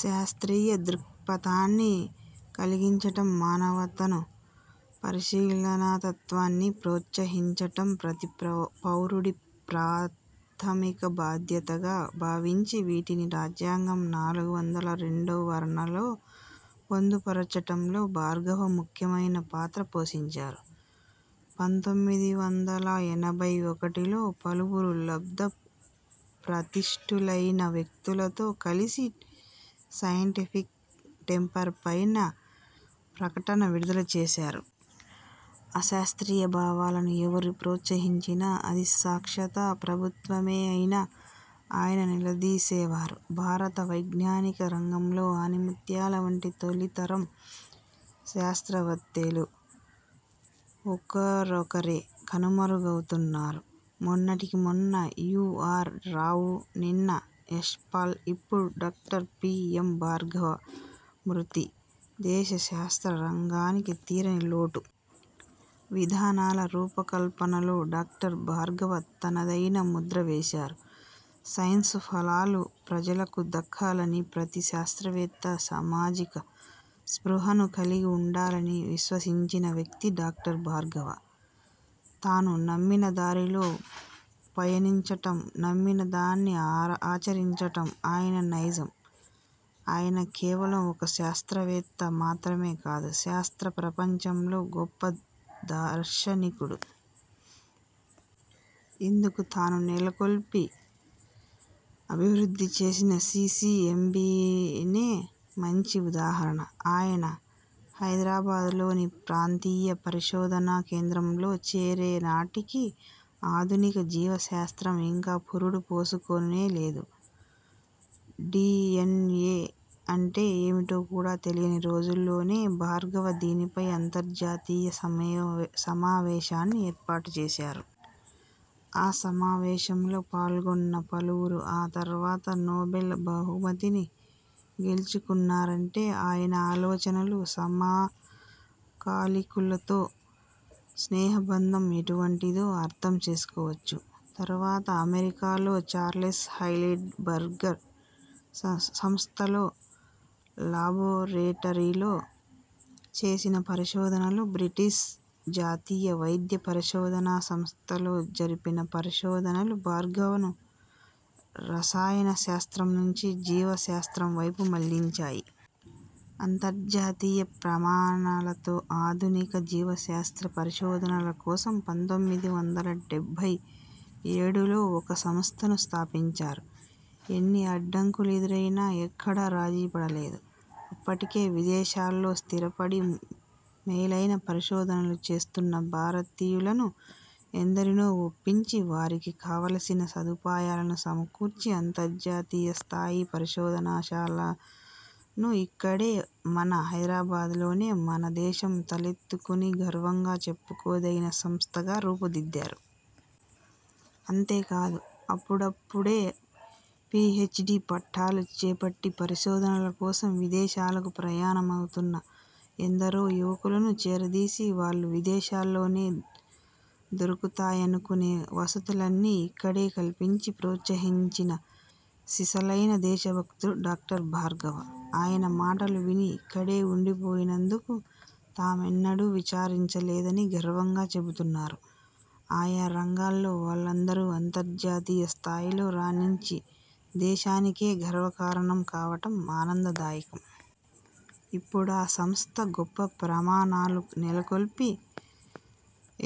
శాస్ర్తీయ దృక్పథాన్ని కలిగించటం, మానవతను, పరిశీలనాతత్వాన్ని ప్రోత్సహించటం ప్రతి పౌరుడి ప్రాథమిక బాధ్యతగా భావించి వీటిని రాజ్యాంగం నాలుగు వందల రెండు వరణలో పొందుపరచటంలో భార్గవ ముఖ్యమైన పాత్ర పోషించారు. పంతొమ్మిది వందల ఎనభై ఒకటిలో పలువురు లబ్దప్రతిష్టులైన వ్యక్తులతో కలిసి సైంటిఫిక్ టెంపర్ పైన ప్రకటనను విడుదల చేశారు. అశాస్ర్తీయ భావనలను ఎవరు ప్రోత్సహించినా, అది సాక్షాత ప్రభుత్వమే అయినా ఆయన నిలదీసేవారు. భారత వైజ్ఞానిక రంగంలో ఆణిముత్యాల వంటి తొలితరం శాస్త్రవత్తేలు ఒకరొకరే కనుమరుగవుతున్నారు. మొన్నటికి మొన్న యు. ఆర్. రావు, నిన్న యశ్పాల్, ఇప్పుడు డాక్టర్ పి. యం. భార్గవ మృతి దేశ శాస్త్ర రంగానికి తీరని లోటు. విధానాల రూపకల్పనలో డాక్టర్ భార్గవ తనదైన ముద్ర వేశారు. సైన్సు ఫలాలు ప్రజలకు దక్కాలనీ, ప్రతి శాస్త్రవేత్త సామాజిక స్పృహను కలిగి ఉండాలనీ విశ్వసించిన వ్యక్తి డాక్టర్ భార్గవ. తాను నమ్మిన దారిలో పయనించటం, నమ్మిన దాన్ని ఆచరించటం ఆయన నైజం. ఆయన కేవలం ఒక శాస్త్రవేత్త మాత్రమే కాదు శాస్త్ర ప్రపంచంలో గొప్ప దార్శనికుడు. ఇందుకు తాను నెలకొల్పి, అభివృద్ధి చేసిన సీసీఎంబీనే మంచి ఉదాహరణ. ఆయన హైదరాబాద్లోని ప్రాంతీయ పరిశోధనా కేంద్రం లో చేరే నాటికి ఆధునిక జీవ శాస్త్రం ఇంకా పురుడు పోసుకోనే లేదు. డీఎన్ఏ అంటే ఏమిటో కూడా తెలియని రోజుల్లోనే భార్గవ దీనిపై అంతర్జాతీయ సమావేశాన్ని ఏర్పాటుచేశారు. ఆ సమావేశంలో పాల్గొన్న పలువురు ఆ తర్వాత నోబెల్ బహుమతిని గెల్చుకున్నారంటే ఆయన ఆలోచనలు, సమకాలికులతో స్నేహ బంధం ఎటువంటిదో అర్థం చేసుకోవచ్చు. తర్వాత అమెరికాలో ఛార్లెస్ హైడెల్ బర్గర్ సంస్థలో లాబొరేటరీలో చేసిన పరిశోధనలు, బ్రిటిష్ జాతీయ వైద్య పరిశోధనా సంస్థలో జరిపిన పరిశోధనలు భార్గవను రసాయన శాస్త్రం నుంచి జీవశాస్త్రం వైపు మళ్లించాయి. అంతర్జాతీయ ప్రమాణాలతో ఆధునిక జీవశాస్త్ర పరిశోధనల కోసం పంతొమ్మిది వందల డెబ్బై ఏడులో ఒక సంస్థను స్థాపించారు. ఎన్ని అడ్డంకులెదురైనా ఎక్కడా రాజీపడలేదు. అప్పటికే విదేశాల్లో స్థిరపడి మేలైన పరిశోధనలు చేస్తున్న భారతీయులను ఎందరినో ఒప్పించి, వారికి కావలసిన సదుపాయాలను సమకూర్చి అంతర్జాతీయ స్థాయి పరిశోధనాశాలను ఇక్కడే, మన హైదరాబాద్లోనే మనదేశం తలెత్తుకుని గర్వంగా చెప్పుకోదగిన సంస్థగా రూపుదిద్దారు. అంతేకాదు, అప్పుడప్పుడే పీహెచ్డీ పట్టాలు చేపట్టి పరిశోధనల కోసం విదేశాలకు ప్రయాణమవుతున్న ఎందరో యువకులను చేరదీసి వాళ్లు విదేశాల్లోనే దొరుకుతాయనుకునే వసతుల్ని ఇక్కడే కల్పించి ప్రోత్సహించిన సిసలైన దేశభక్తుడు డాక్టర్ భార్గవ. ఆయన మాటలు విని ఇక్కడే ఉండిపోయినందుకు తామెన్నడూ విచారించలేదని గర్వంగా చెబుతున్నారు. ఆయా రంగాల్లో వారందరూ అంతర్జాతీయ స్థాయిలో రాణించి దేశానికే గర్వకారణం కావటం ఆనందదాయకం. ఇప్పుడా సంస్థ గొప్ప ప్రమాణాలు నెలకొల్పి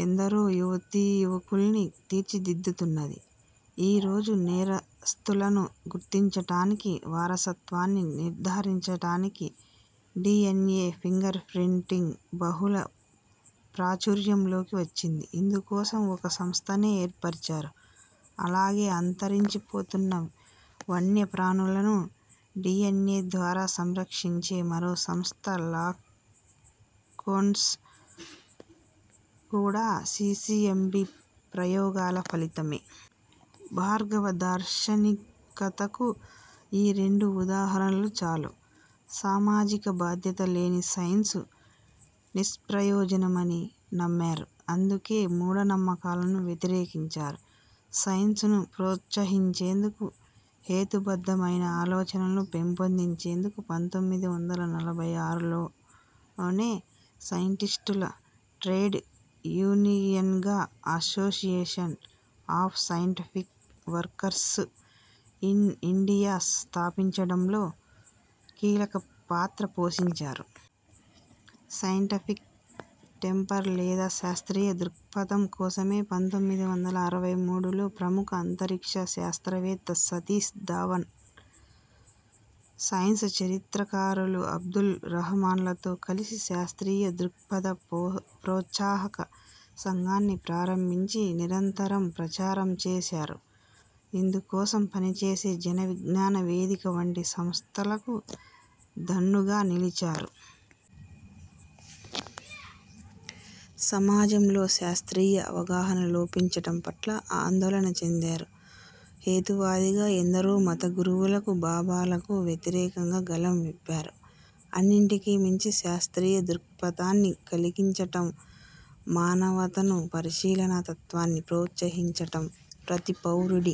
ఎందరో యువతీయువకుల్ని తీర్చిదిద్దుతున్నది. ఈ రోజు నేరస్థులను గుర్తించటానికి, వారసత్వాన్ని నిర్ధారించటానికి డీఎన్ఏ ఫింగర్ ప్రింటింగ్ బహుళ ప్రాచుర్యంలోకి వచ్చింది. ఇందుకోసం ఒక సంస్థనే ఏర్పరిచారు. అలాగే అంతరించిపోతున్న వన్యప్రాణులను డీఎన్ఏ ద్వారా సంరక్షించే మరో సంస్థ లాకోన్స్ కూడా సీసీఎంబీ ప్రయోగాల ఫలితమే. భార్గవ దార్శనికతకు ఈ రెండు ఉదాహరణలు చాలు. సామాజిక బాధ్యత లేని సైన్సు నిష్ప్రయోజనమని నమ్మారు. అందుకే మూఢనమ్మకాలను వ్యతిరేకించారు. సైన్సును ప్రోత్సహించేందుకు, హేతుబద్దమైన ఆలోచనలను పెంపొందించేందుకు పంతొమ్మిది వందల నలభై ఆరులోనే సైంటిస్టుల ట్రేడ్ యూనియన్గా association of scientific workers in India స్థాపించడంలో కీలక పాత్ర పోషించారు. సైంటిఫిక్ టెంపర్ లేదా శాస్ర్తీయ దృక్పథం కోసమే పంతొమ్మిది వందల అరవై మూడులో ప్రముఖ అంతరిక్ష శాస్త్రవేత్త సతీష్ ధావన్, సైన్సు చరిత్రకారులు అబ్దుల్ రహమాన్లతో కలిసి శాస్ర్తీయ దృక్పథ ప్రోత్సాహక సంఘాన్ని ప్రారంభించి నిరంతరం ప్రచారం చేశారు. ఇందుకోసం పనిచేసే జనవిజ్ఞాన వేదిక వంటి సంస్థలకు దన్నుగా నిలిచారు. సమాజంలో శాస్ర్తీయ అవగాహన లోపించటం పట్ల ఆందోళన చెందారు. హేతువాదిగా ఎందరో మతగురువులకు, బాబాలకు వ్యతిరేకంగా గళం విప్పారు. అన్నింటికీ మించి శాస్ర్తీయ దృక్పథాన్ని కలిగించటం, మానవతను, పరిశీలనా తత్వాన్ని ప్రోత్సహించటం ప్రతి పౌరుడి